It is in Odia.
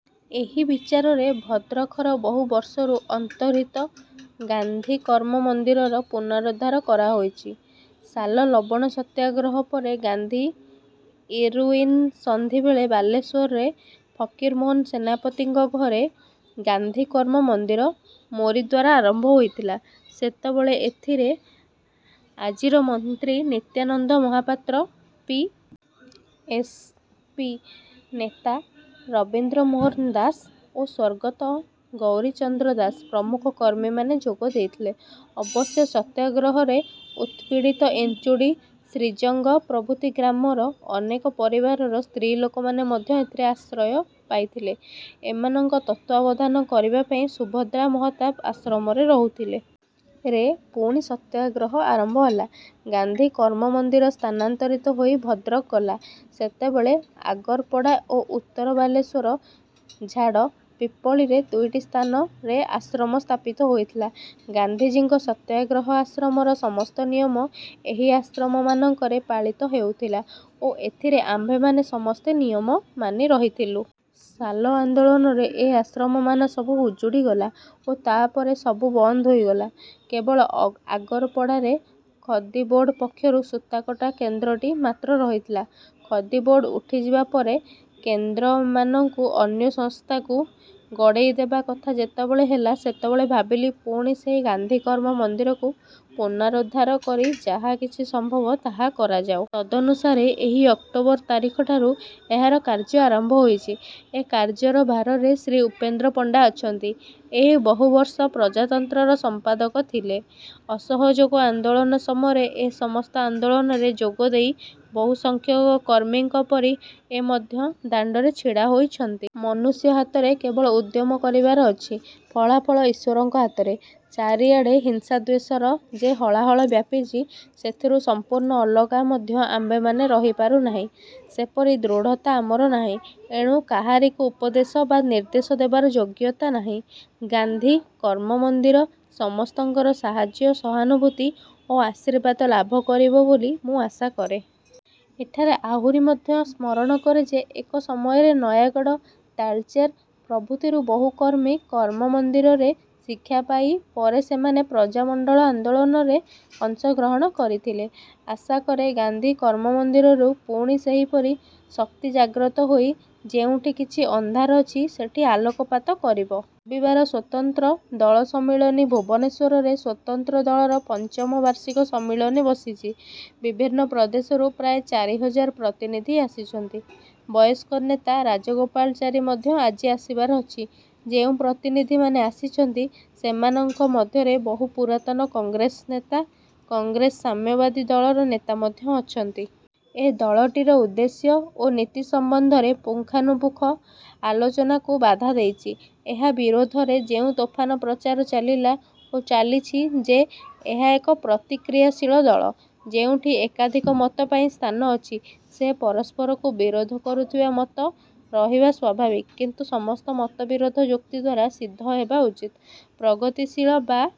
ଏହି ବିଚାରରେ ଭଦ୍ରଖର ବହୁ ବର୍ଷରୁ ଅନ୍ତର୍ହିତ 'ଗାନ୍ଧି କର୍ମ ମନ୍ଦିର'ର ପୁନରୁଦ୍ଧାର କରାହୋଇଛି। ସାଲ ଲବଣ ସତ୍ୟାଗ୍ରହ ପରେ ଗାନ୍ଧି ଇରଉଇନ ସନ୍ଧିବେଳେ ବାଲେଶ୍ୱରରେ ଫକୀରମୋହନ ସେନାପତିଙ୍କ ଘରେ 'ଗାନ୍ଧିକର୍ମ ମନ୍ଦିର' ମୋରିଦ୍ୱାରା ଆରମ୍ଭ ହୋଇଥିଲା। ସେତେବେଳେ ଏଥିରେ ଆଜିର ମନ୍ତ୍ରୀ Nityananda Mahapatra, P. S. P, ନେତା ରବୀନ୍ଦ୍ର ମୋହନ ଦାସ ଓ ସ୍ୱର୍ଗତ ଗୌରଚନ୍ଦ୍ର ଦାସ ପ୍ରମୁଖ କର୍ମୀମାନେ ଯୋଗ ଦେଇଥିଲେ। ଅବଶ୍ୟ ସତ୍ୟାଗ୍ରହରେ ଉତପୀଡ଼ିତ ଇଞ୍ଚୁଡ଼ି ଶ୍ରୀଜଙ୍ଗ ପ୍ରଭୃତି ଗ୍ରାମର ଅନେକ ପରିବାରର ସ୍ତ୍ରୀଲୋକମାନେ ମଧ୍ୟ ଏଥିରେ ଆଶ୍ରୟ ପାଇଥିଲେ। ଏମାନଙ୍କ ତତ୍ତ୍ୱାବଧାନ କରିବାପାଇଁ ସୁଭଦ୍ରା ମହତାବ ଆଶ୍ରମରେ ରହୁଥିଲେ। ରେ ପୁଣି ସତ୍ୟାଗ୍ରହ ଆରମ୍ଭ ହେଲା। ଗାନ୍ଧି କର୍ମମନ୍ଦିର ସ୍ଥାନାନ୍ତରିତ ହୋଇ ଭଦ୍ରକ ଗଲା। ସେତେବେଳେ ଆଗରପଡ଼ା ଓ ଉତ୍ତର ବାଲେଶ୍ୱର ଝାଡ଼ ପିପ୍ପଳିରେ ଦୁଇଟି ସ୍ଥାନରେ ଆଶ୍ରମ ସ୍ଥାପିତ ହୋଇଥିଲା। ଗାନ୍ଧିଜୀଙ୍କ ସତ୍ୟାଗ୍ରହ ଆଶ୍ରମର ସମସ୍ତ ନିୟମ ଏହି ଆଶ୍ରମମାନଙ୍କରେ ପାଳିତ ହେଉଥିଲା ଓ ଏଥିରେ ଆମ୍ଭେମାନେ ସମସ୍ତେ ନିୟମାମାନି ରହିଥିଲୁଁ। ସାଲ ଆନ୍ଦୋଳନରେ ଏ ଆଶ୍ରମମାନ ସବୁ ଉଜୁଡ଼ିଗଲା ଓ ତା'ପରେ ସବୁ ବନ୍ଦ ହୋଇଗଲା।। କେବଳ ଆଗରପଡ଼ାରେ ଖଦିବୋର୍ଡ଼ ପକ୍ଷରୁ ସୂତାକଟା କେନ୍ଦ୍ରଟି ମାତ୍ର ରହିଥିଲା। ଖଦିବୋର୍ଡ଼ ଉଠିଯିବାପରେ କେନ୍ଦ୍ରମାନଙ୍କୁ ଅନ୍ୟ ସଂସ୍ଥାକୁ ଗଡ଼େଇ ଦେବା କଥା ଯେତେବେଳେ ହେଲା, ସେତେବେଳେ ଭାବିଲି ପୁଣି ସେହି ଗାନ୍ଧି କର୍ମ ମନ୍ଦିରକୁ ପୁନରୁଦ୍ଧାର କରି ଯାହା କିଛି ସମ୍ଭବ ତାହା କରାହେଉ। ତଦନୁସାରେ ଏହି ଅକ୍ଟୋବର ତାରିଖଠାରୁ ଏହାର କାର୍ଯ୍ୟ ଆରମ୍ଭ ହୋଇଛି। ଏ କାର୍ଯ୍ୟର ଭାରରେ ଶ୍ରୀ ଉପେନ୍ଦ୍ର ପଣ୍ଡା ଅଛନ୍ତି। ଏ ବହୁବର୍ଷ 'ପ୍ରଜାତନ୍ତ୍ରର ସମ୍ପାଦକ' ଥିଲେ। ଅସହଯୋଗ ଆନ୍ଦୋଳନ ସମୟର ଏ ସମସ୍ତ ଆନ୍ଦୋଳନରେ ଯୋଗଦେଇ ବହୁସଂଖ୍ୟକ କର୍ମୀଙ୍କ ପରି ଏ ମଧ୍ୟ ଦାଣ୍ଡରେ ଛିଡ଼ା ହୋଇଛନ୍ତି-। ମନୁଷ୍ୟ ହାତରେ କେବଳ ଉଦ୍ୟମ କରିବାର ଅଛି। ଫଳାଫଳ ଈଶ୍ୱରଙ୍କ ହାତରେ। ଚାରିଆଡ଼େ ହିଂସାଦ୍ୱେଷର ଯେ ହଳାହଳ ବ୍ୟାପିଛି, ସେଥିରୁ ସଂପୂର୍ଣ୍ଣ ଅଲଗା ମଧ୍ୟ ଆମ୍ଭେମାନେ ରହିପାରୁନାହିଁ। ସେପରି ଦୃଢ଼ତା ଆମର ନାହିଁ। ଏଣୁ କାହାରିକୁ ଉପଦେଶ ବା ନିର୍ଦ୍ଦେଶ ଦେବାର ଯୋଗ୍ୟତା ନାହିଁ। ଗାନ୍ଧି କର୍ମମନ୍ଦିର ସମସ୍ତଙ୍କର ସାହାଯ୍ୟ ସହାନୁଭୂତି ଓ ଆଶୀର୍ବାଦ ଲାଭକରିବ ବୋଲି ମୁଁ ଆଶା କରେ। ଏଠାରେ ଆହୁରି ମଧ୍ୟ ସ୍ମରଣ କରେ ଯେ ଏକ ସମୟରେ ନୟାଗଡ଼, ତାଳଚେର ପ୍ରଭୃତିରୁ ବହୁ କର୍ମୀ 'କର୍ମ-ମନ୍ଦିର' ରେ ଶିକ୍ଷାପାଇ ପରେ ସେମାନେ ପ୍ରଜାମଣ୍ଡଳ ଆନ୍ଦୋଳନରେ ଅଂଶ ଗ୍ରହଣ କରିଥିଲେ। ଆଶାକରେ ଗାନ୍ଧି କର୍ମ-ମନ୍ଦିରରୁ ପୁଣି ସେହିପରି ଶକ୍ତି ଜାଗ୍ରତ ହୋଇ ଯେଉଁଠି କିଛି ଅନ୍ଧାର ଅଛି, ସେଠି ଆଲୋକପାତ କରିବ। ରବିବାର ସ୍ୱତନ୍ତ୍ର ଦଳ ସମ୍ମିଳନୀ ଭୁବନେଶ୍ୱରରେ ସ୍ୱତନ୍ତ୍ର ଦଳର ପଞ୍ଚମ ବାର୍ଷିକ ସମ୍ମିଳନୀ ବସିଛି। ବିଭିନ୍ନ ପ୍ରଦେଶରୁ ପ୍ରାୟ ଚାରିହଜାର ପ୍ରତିନିଧି ଆସିଛନ୍ତି। ବୟସ୍କ ନେତା ରାଜଗୋପାଳାଚାରୀ ମଧ୍ୟ ଆଜି ଆସିବାର ଅଛି। ଯେଉଁ ପ୍ରତିନିଧିମାନେ ଆସିଛନ୍ତି, ସେମାନଙ୍କ ମଧ୍ୟରେ ବହୁ ପୁରାତନ କଂଗ୍ରେସ ନେତା, କଂଗ୍ରେସ ସାମ୍ୟବାଦୀ ଦଳର ନେତା ମଧ୍ୟ ଅଛନ୍ତି। ଏ ଦଳଟିର ଉଦ୍ଦେଶ୍ୟ ଓ ନୀତି ସମ୍ବନ୍ଧରେ ପୁଙ୍ଖାନୁପୁଙ୍ଖ ଆଲୋଚନାକୁ ବାଧା ଦେଇଛି। ଏହା ବିରୋଧରେ ଯେଉଁ ତୋଫାନ ପ୍ରଚାର ଚାଲିଲା ଓ ଚାଲିଛି ଯେ ଏହା ଏକ ପ୍ରତିକ୍ରିୟାଶୀଳ ଦଳ। ଯେଉଁଠି ଏକାଧିକ ମତପାଇଁ ସ୍ଥାନ ଅଛି, ସେ ପରସ୍ପରକୁ ବିରୋଧ କରୁଥିବା ମତ ରହିବା ସ୍ୱାଭାବିକ; କିନ୍ତୁ ସମସ୍ତ ମତବିରୋଧ ଯୁକ୍ତିଦ୍ୱାରା ସିଦ୍ଧ ହେବା ଉଚିତ। ପ୍ରଗତିଶୀଳ ବା